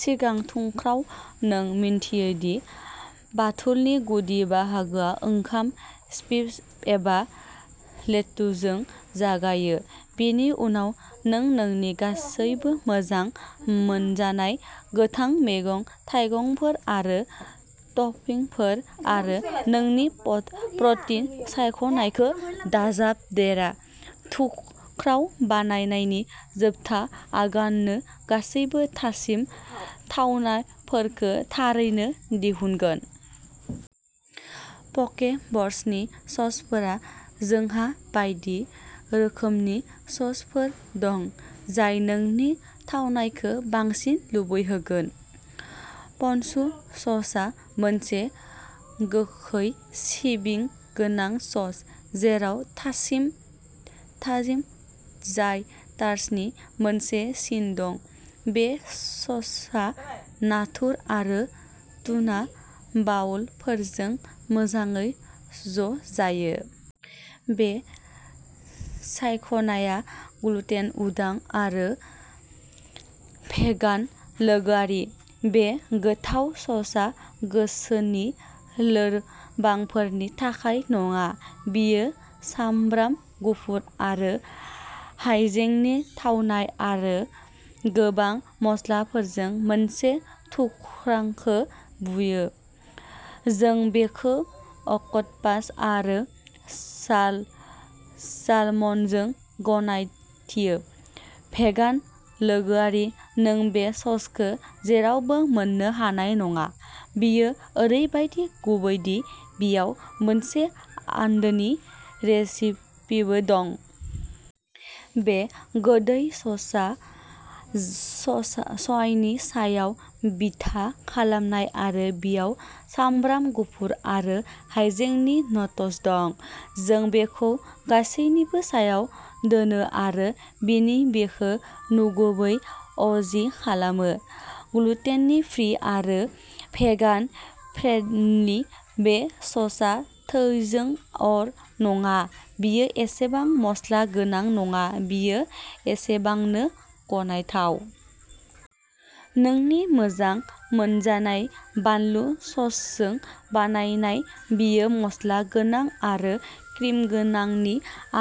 सिगां थुख्राव, नों मिन्थियो दि बाथुलनि गुदि बाहागोआ ओंखाम, चिप्स एबा लेतुसजों जागायो। बेनि उनाव नों नोंनि गासैबो मोजां मोनजानाय गोथां मैगं-थाइगंफोर आरो टपिंफोर आरो नोंनि प्रटिन सायख'नायखौ दाजाबदेरा। थुख्राव बानायनायनि जोबथा आगानानो गासैबो थाजिम थावनायफोरखौ थारैनो दिहुनगोन। प'के ब्र'सनि ससफोर जोंहा बायदि रोखोमनि ससफोर दं जाय नोंनि थावनायखौ बांसिन लुबैहोगोन। पनजु ससआ मोनसे गोखै, सिबिं गोनां सस जेराव थाजिम साइट्रासनि मोनसे सिन दं। बे ससआ नाथुर आरो टुना बाउलफोरजों मोजाङै ज' जायो। बे सायख'नाया ग्लुटेन उदां आरो भेगान लोगोआरि। बे गोथाव ससआ गोसोनि लोरबांफोरनि थाखाय नङा। बेयो सामब्राम गुफुर आरो हाइजेंनि थावनाय आरो गोबां मस्लाफोरजों मोनसे थुख्राखौ बुयो। जों बेखौ अक्ट'पास आरो सालमनजों गनायथियो। भेगान लोगोआरि नों बे ससखौ जेरावबो मोन्नो हानाय नङा, बेयो ओरैबादि गुबै दि बेयाव मोनसे आन्दोनि रेसिपिबो दं। बे गोदै ससआ सयानि सायाव बिथा खालामनाय आरो बेयाव सामब्राम गुफुर आरो हाइजेंनि न'टस दं। जों बेखौ गासैनिबो सायाव दोनो, आरो बेनो बेखौ नंगुबै अ जि खालामो। ग्लुटेनि फ्रि आरो भेगान फ्रेन्डलि। बे ससआ थोंजों अर नङा, बेयो एसेबां मस्ला गोनां नङा, बेयो एसेबांनो गनायथाव। नोंनि मोजां मोनजानाय बानलु ससजों बानायनाय बेयो मस्ला गोनां आरो क्रिम गोनांनि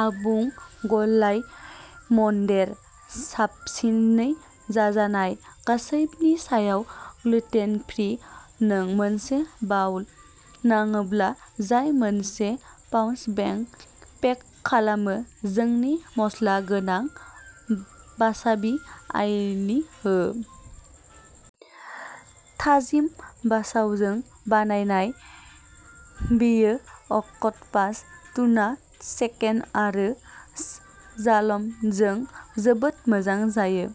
आबुं गलायमोन्देर। साबसिनै जाजानाय, गासैबोनि सायाव। ग्लुटेन फ्रि नों मोनसे बाउल नांगौब्ला जाय मोनसे पाञ्च पेक खालामो, जोंनि मस्ला गोनां वासाबि आय'लि हो। थाजिम बासावजों बानायनाय, बेयो अक्ट'पास, टुना, चिकेन आरो सालमनजों जोबोद मोजां जायो।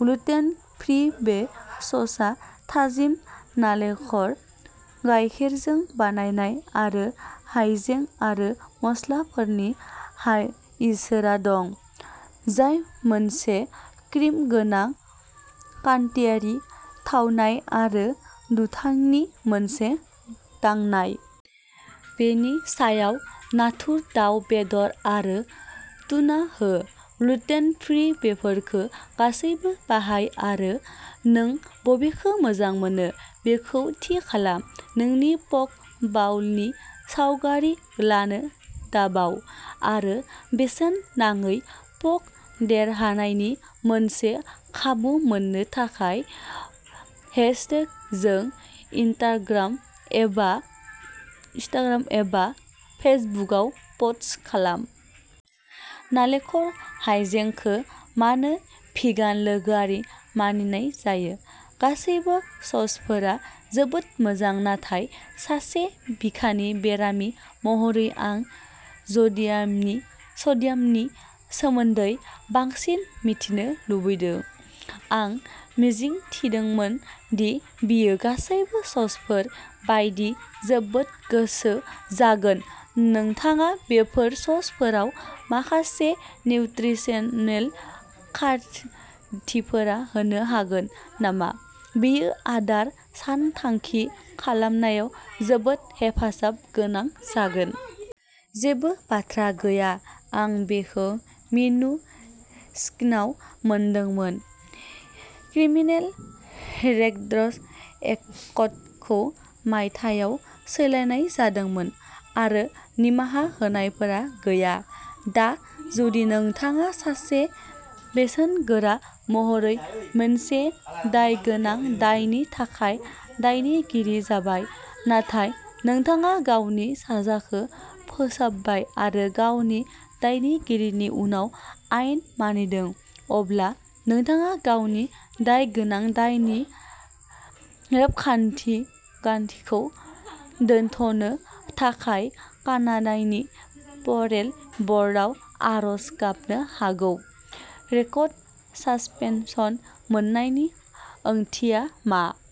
ग्लुटेन फ्रि बे ससआ थाजिम नालेंखर गायखेरजों बानायनाय आरो हाइजें आरो मस्लाफोरनि इसारा दं, जाय मोनसे क्रिम गोनां क्रान्तियारि थावनाय आरो दुंथायनि मोनसे दांनाय। बेनि सायाव नाथुर, दाव बेदर आरो टुना हो ग्लुटेन फ्रि बेफोरखौ गासैबो बाहाय आरो नों बबेखौ मोजां मोनो बेखौ थि खालाम। नोंनि पक बाउलनि सावगारि लानो दाबाव। आरो बेसेन नाङै प'क देरहानायनि मोनसे खाबु मोननो थाखाय हेशटेग जों इनस्टाग्राम एबा फेसबुकआव पस्ट खालाम। नालेंखर हाइजेंखौ मानो भिगान लोगोआरि मानिनाय जाया गासैबो ससफोरा जोबोद मोजां नाथाय सासे बिखानि बेरामि महरै आं सडियामनि सोमोन्दै बांसिन मिथिनो लुबैदों। आं मिजिंथिदोंमोन दि बेयो गासैबो ससफोर बायदि जोबोद गोजौ जागोन। नोंथाङा बेफोर ससफोराव माखासे निउत्रिसनेल खारिथिफोरा होनो हागोन नामा, बेयो आदार सानथांखि खालामनायाव जोबोद हेफाजाब गोनां जागोन। जेबो बाथ्रा गैया। आं बेखौ मेनु स्क्रिनआव मोनदोंमोन। क्रिमिनेल रेकर्डस एक्टखौ मायथाइयाव सोलायनाय जादोंमोन, आरो निमाहा होनायफोरा गैया। दा, जुदि नोंथाङा सासे बैसोगोरा महरै मोनसे दायगोनां दायनि थाखाय दायनिगिरि जाबाय, नाथाय नोंथाङा गावनि साजाखौ फोसाबबाय आरो गावनि दायनिगिरिनि उनाव आयेन मानिदों, अब्ला नोंथाङा गावनि दायगोनां दायनि रेबगान्थिखौ दोनथ'नो थाखाय कानाडानि पेर'ल बर्डआव आर'ज गाबनो हागौ। रेकर्ड सासपेनसन मोननायनि ओंथिया मा?